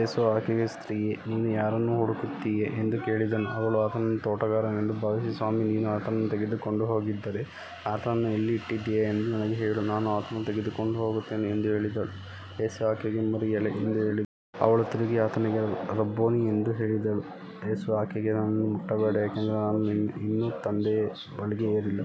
ಯೇಸು ಆಕೆಗೆ, ಸ್ತ್ರೀಯೇ, ನೀನು ಯಾರನ್ನು ಹುಡುಕುತ್ತೀಯೆ ಎಂದು ಕೇಳಿದನು. ಅವಳು ಆತನನ್ನು ತೋಟಗಾರನೆಂದು ಭಾವಿಸಿ, ಸ್ವಾಮಿ, ನೀನು ಆತನನ್ನು ತೆಗೆದುಕೊಂಡು ಹೋಗಿದ್ದರೆ, ಆತನನ್ನು ಎಲ್ಲಿ ಇಟ್ಟಿದ್ದೀಯೆಂದು ನನಗೆ ಹೇಳು, ನಾನು ಆತನನ್ನು ತೆಗೆದುಕೊಂಡು ಹೋಗುತ್ತೇನೆ ಎಂದು ಹೇಳಿದಳು. ಯೇಸು ಆಕೆಗೆ, ಮರಿಯಳೇ ಎಂದು ಹೇಳಿದನು. ಅವಳು ತಿರುಗಿ ಆತನಿಗೆ, ರಬ್ಬೋನಿ ಎಂದು ಹೇಳಿದಳು. ಯೇಸು ಆಕೆಗೆ, ನನ್ನನ್ನು ಮುಟ್ಟಬೇಡ, ಏಕೆಂದರೆ ನಾನು ಇನ್ನೂ ತಂದೆಯ ಬಳಿಗೆ ಏರಿಲ್ಲ.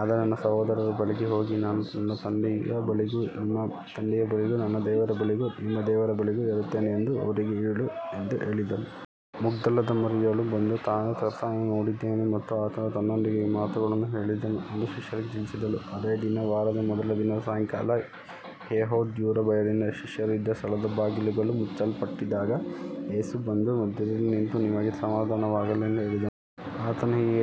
ಆದರೆ ನನ್ನ ಸಹೋದರರ ಬಳಿಗೆ ಹೋಗಿ, ನಾನು ನನ್ನ ತಂದೆಯ ಬಳಿಗೂ ನಿಮ್ಮ ತಂದೆಯ ಬಳಿಗೂ, ನನ್ನ ದೇವರ ಬಳಿಗೂ ನಿಮ್ಮ ದೇವರ ಬಳಿಗೂ ಏರುತ್ತೇನೆ ಎಂದು ಅವರಿಗೆ ಹೇಳು ಎಂದು ಹೇಳಿದನು. ಮಗ್ದಲದ ಮರಿಯಳು ಬಂದು, ತಾನು ಕರ್ತನನ್ನು ನೋಡಿದ್ದೇನೆ ಮತ್ತು ಆತನು ತನ್ನೊಂದಿಗೆ ಈ ಮಾತುಗಳನ್ನು ಹೇಳಿದನು ಎಂದು ಶಿಷ್ಯರಿಗೆ ತಿಳಿಸಿದಳು. ಅದೇ ದಿನ, ವಾರದ ಮೊದಲ ದಿನದ ಸಾಯಂಕಾಲ, ಯೆಹೂದ್ಯರ ಭಯದಿಂದ ಶಿಷ್ಯರು ಇದ್ದ ಸ್ಥಳದ ಬಾಗಿಲುಗಳು ಮುಚ್ಚಲ್ಪಟ್ಟಿದ್ದಾಗ, ಯೇಸು ಬಂದು ಮಧ್ಯದಲ್ಲಿ ನಿಂತು, ನಿಮಗೆ ಸಮಾಧಾನವಾಗಲಿ ಎಂದು ಹೇಳಿದನು. ಆತನು ಹೀಗೆ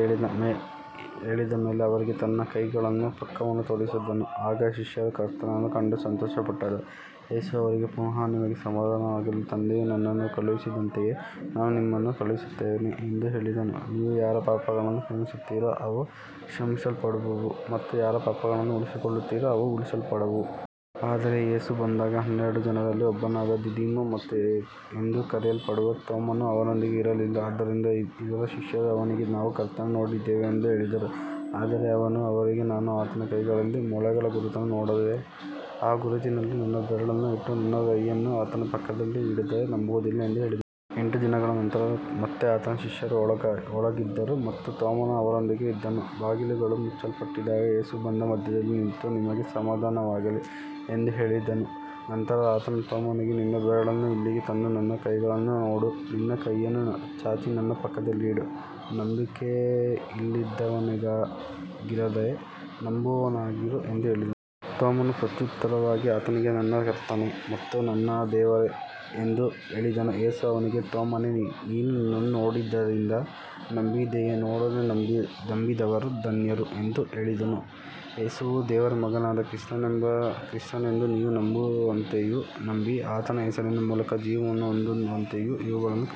ಹೇಳಿದ ಮೇಲೆ ಅವರಿಗೆ ತನ್ನ ಕೈಗಳನ್ನೂ ಪಕ್ಕವನ್ನೂ ತೋರಿಸಿದನು. ಆಗ ಶಿಷ್ಯರು ಕರ್ತನನ್ನು ಕಂಡು ಸಂತೋಷಪಟ್ಟರು. ಯೇಸು ಅವರಿಗೆ ಪುನಃ, ನಿಮಗೆ ಸಮಾಧಾನವಾಗಲಿ, ತಂದೆಯು ನನ್ನನ್ನು ಕಳುಹಿಸಿದಂತೆಯೇ ನಾನು ನಿಮ್ಮನ್ನು ಕಳುಹಿಸುತ್ತೇನೆ ಎಂದು ಹೇಳಿದನು. ನೀವು ಯಾರ ಪಾಪಗಳನ್ನು ಕ್ಷಮಿಸುತ್ತೀರೋ ಅವು ಕ್ಷಮಿಸಲ್ಪಡುವವು, ಮತ್ತು ಯಾರ ಪಾಪಗಳನ್ನು ಉಳಿಸಿಕೊಳ್ಳುತ್ತೀರೋ ಅವು ಉಳಿಸಲ್ಪಡುವವು. ಆದರೆ ಯೇಸು ಬಂದಾಗ ಹನ್ನೆರಡು ಜನರಲ್ಲಿ ಒಬ್ಬನಾದ ದಿದಿಮ ಎಂದು ಕರೆಯಲ್ಪಡುವ ತೋಮನು ಅವರೊಂದಿಗೆ ಇರಲಿಲ್ಲ. ಆದ್ದರಿಂದ ಇತರ ಶಿಷ್ಯರು ಅವನಿಗೆ, ನಾವು ಕರ್ತನನ್ನು ನೋಡಿದ್ದೇವೆ ಎಂದು ಹೇಳಿದರು. ಆದರೆ ಅವನು ಅವರಿಗೆ, ನಾನು ಆತನ ಕೈಗಳಲ್ಲಿ ಮೊಳೆಗಳ ಗುರುತನ್ನು ನೋಡದೆ, ಆ ಗುರುತಿನಲ್ಲಿ ನನ್ನ ಬೆರಳನ್ನು ಇಟ್ಟು, ನನ್ನ ಕೈಯನ್ನು ಆತನ ಪಕ್ಕದಲ್ಲಿ ಇಡದೆ ನಂಬುವುದಿಲ್ಲ ಎಂದು ಹೇಳಿದನು. ಎಂಟು ದಿನಗಳ ನಂತರ ಮತ್ತೆ ಆತನ ಶಿಷ್ಯರು ಒಳಗಿದ್ದರು ಮತ್ತು ತೋಮನು ಅವರೊಂದಿಗೆ ಇದ್ದನು. ಬಾಗಿಲುಗಳು ಮುಚ್ಚಲ್ಪಟ್ಟಿದ್ದಾಗ ಯೇಸು ಬಂದು ಮಧ್ಯದಲ್ಲಿ ನಿಂತು, ನಿಮಗೆ ಸಮಾಧಾನವಾಗಲಿ ಎಂದು ಹೇಳಿದನು. ನಂತರ ಆತನು ತೋಮನಿಗೆ, ನಿನ್ನ ಬೆರಳನ್ನು ಇಲ್ಲಿಗೆ ತಂದು ನನ್ನ ಕೈಗಳನ್ನು ನೋಡು, ನಿನ್ನ ಕೈಯನ್ನು ಚಾಚಿ ನನ್ನ ಪಕ್ಕದಲ್ಲಿ ಇಡು, ನಂಬಿಕೆಯಿಲ್ಲದವನಾಗಿರದೆ ನಂಬುವವನಾಗಿರು ಎಂದು ಹೇಳಿದನು. ತೋಮನು ಪ್ರತ್ಯುತ್ತರವಾಗಿ ಆತನಿಗೆ, ನನ್ನ ಕರ್ತನೇ ಮತ್ತು ನನ್ನ ದೇವರೇ ಎಂದು ಹೇಳಿದನು. ಯೇಸು ಅವನಿಗೆ, ತೋಮನೇ, ನೀನು ನನ್ನನ್ನು ನೋಡಿದ್ದರಿಂದ ನಂಬಿದ್ದೀಯೆ. ನೋಡದೆ ನಂಬಿದವರು ಧನ್ಯರು ಎಂದು ಹೇಳಿದನು. ಯೇಸುವು ದೇವರ ಮಗನಾದ ಕ್ರಿಸ್ತನೆಂದು ನೀವು ನಂಬುವಂತೆಯೂ, ನಂಬಿ ಆತನ ಹೆಸರಿನ ಮೂಲಕ ಜೀವವನ್ನು ಹೊಂದುವಂತೆಯೂ ಇವುಗಳನ್ನು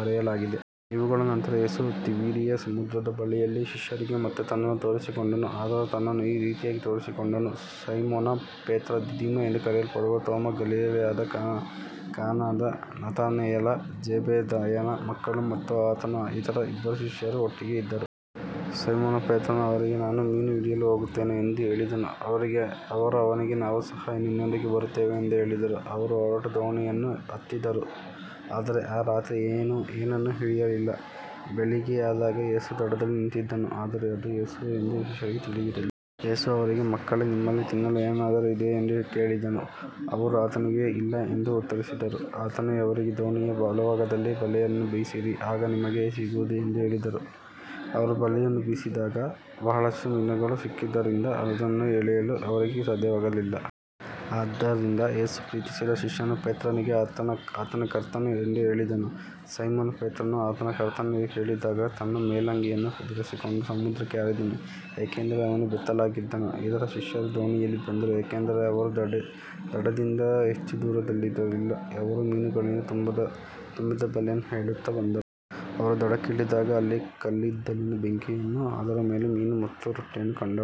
ಬರೆಯಲಾಗಿದೆ. ಇವುಗಳ ನಂತರ ಯೇಸು ತಿಬೇರಿಯ ಸಮುದ್ರದ ಬಳಿಯಲ್ಲಿ ಶಿಷ್ಯರಿಗೆ ಮತ್ತೆ ತನ್ನನ್ನು ತೋರಿಸಿಕೊಂಡನು. ಆತನು ತನ್ನನ್ನು ಈ ರೀತಿಯಾಗಿ ತೋರಿಸಿಕೊಂಡನು. ಸೈಮೋನ ಪೇತ್ರ, ದಿದಿಮ ಎಂದು ಕರೆಯಲ್ಪಡುವ ತೋಮ, ಗಲಿಲಾಯದ ಕಾನಾದ ನತಾನಯೇಲ, ಜೆಬೆದಾಯನ ಮಕ್ಕಳು ಮತ್ತು ಆತನ ಇತರ ಇಬ್ಬರು ಶಿಷ್ಯರು ಒಟ್ಟಾಗಿ ಇದ್ದರು. ಸೈಮೋನ ಪೇತ್ರನು ಅವರಿಗೆ, ನಾನು ಮೀನು ಹಿಡಿಯಲು ಹೋಗುತ್ತೇನೆ ಎಂದು ಹೇಳಿದನು. ಅವರು ಅವನಿಗೆ, ನಾವು ಸಹ ನಿನ್ನೊಂದಿಗೆ ಬರುತ್ತೇವೆ ಎಂದು ಹೇಳಿದರು. ಅವರು ಹೊರಟು ದೋಣಿಯನ್ನು ಹತ್ತಿದರು, ಆದರೆ ಆ ರಾತ್ರಿ ಏನನ್ನೂ ಹಿಡಿಯಲಿಲ್ಲ. ಬೆಳಿಗ್ಗೆಯಾದಾಗ ಯೇಸು ದಡದಲ್ಲಿ ನಿಂತಿದ್ದನು, ಆದರೆ ಅದು ಯೇಸು ಎಂದು ಶಿಷ್ಯರಿಗೆ ತಿಳಿದಿರಲಿಲ್ಲ. ಯೇಸು ಅವರಿಗೆ, ಮಕ್ಕಳೇ, ನಿಮ್ಮಲ್ಲಿ ತಿನ್ನಲು ಏನಾದರೂ ಇದೆಯೇ ಎಂದು ಕೇಳಿದನು. ಅವರು ಆತನಿಗೆ, ಇಲ್ಲ ಎಂದು ಉತ್ತರಿಸಿದರು. ಆತನು ಅವರಿಗೆ, ದೋಣಿಯ ಬಲಭಾಗದಲ್ಲಿ ಬಲೆಯನ್ನು ಬೀಸಿರಿ, ಆಗ ನಿಮಗೆ ಸಿಗುವುದು ಎಂದು ಹೇಳಿದನು. ಅವರು ಬಲೆಯನ್ನು ಬೀಸಿದಾಗ, ಬಹಳಷ್ಟು ಮೀನುಗಳು ಸಿಕ್ಕಿದ್ದರಿಂದ ಅದನ್ನು ಎಳೆಯಲು ಅವರಿಗೆ ಸಾಧ್ಯವಾಗಲಿಲ್ಲ. ಆದ್ದರಿಂದ ಯೇಸು ಪ್ರೀತಿಸಿದ ಶಿಷ್ಯನು ಪೇತ್ರನಿಗೆ, ಆತನು ಕರ್ತನು ಎಂದು ಹೇಳಿದನು. ಸೈಮೋನ ಪೇತ್ರನು ಆತನು ಕರ್ತನೆಂದು ಕೇಳಿದಾಗ, ತನ್ನ ಮೇಲಂಗಿಯನ್ನು ಧರಿಸಿಕೊಂಡು ಸಮುದ್ರಕ್ಕೆ ಹಾರಿದನು, ಏಕೆಂದರೆ ಅವನು ಬೆತ್ತಲಾಗಿದ್ದನು. ಇತರ ಶಿಷ್ಯರು ದೋಣಿಯಲ್ಲಿ ಬಂದರು, ಏಕೆಂದರೆ ಅವರು ದಡದಿಂದ ಹೆಚ್ಚು ದೂರದಲ್ಲಿರಲಿಲ್ಲ. ಅವರು ಮೀನುಗಳಿಂದ ತುಂಬಿದ ಬಲೆಯನ್ನು ಎಳೆಯುತ್ತಾ ಬಂದರು. ಅವರು ದಡಕ್ಕೆ ಇಳಿದಾಗ ಅಲ್ಲಿ ಕಲ್ಲಿದ್ದಲಿನ ಬೆಂಕಿಯನ್ನೂ ಅದರ ಮೇಲೆ ಮೀನು ಮತ್ತು ರೊಟ್ಟಿಯನ್ನೂ ಕಂಡರು.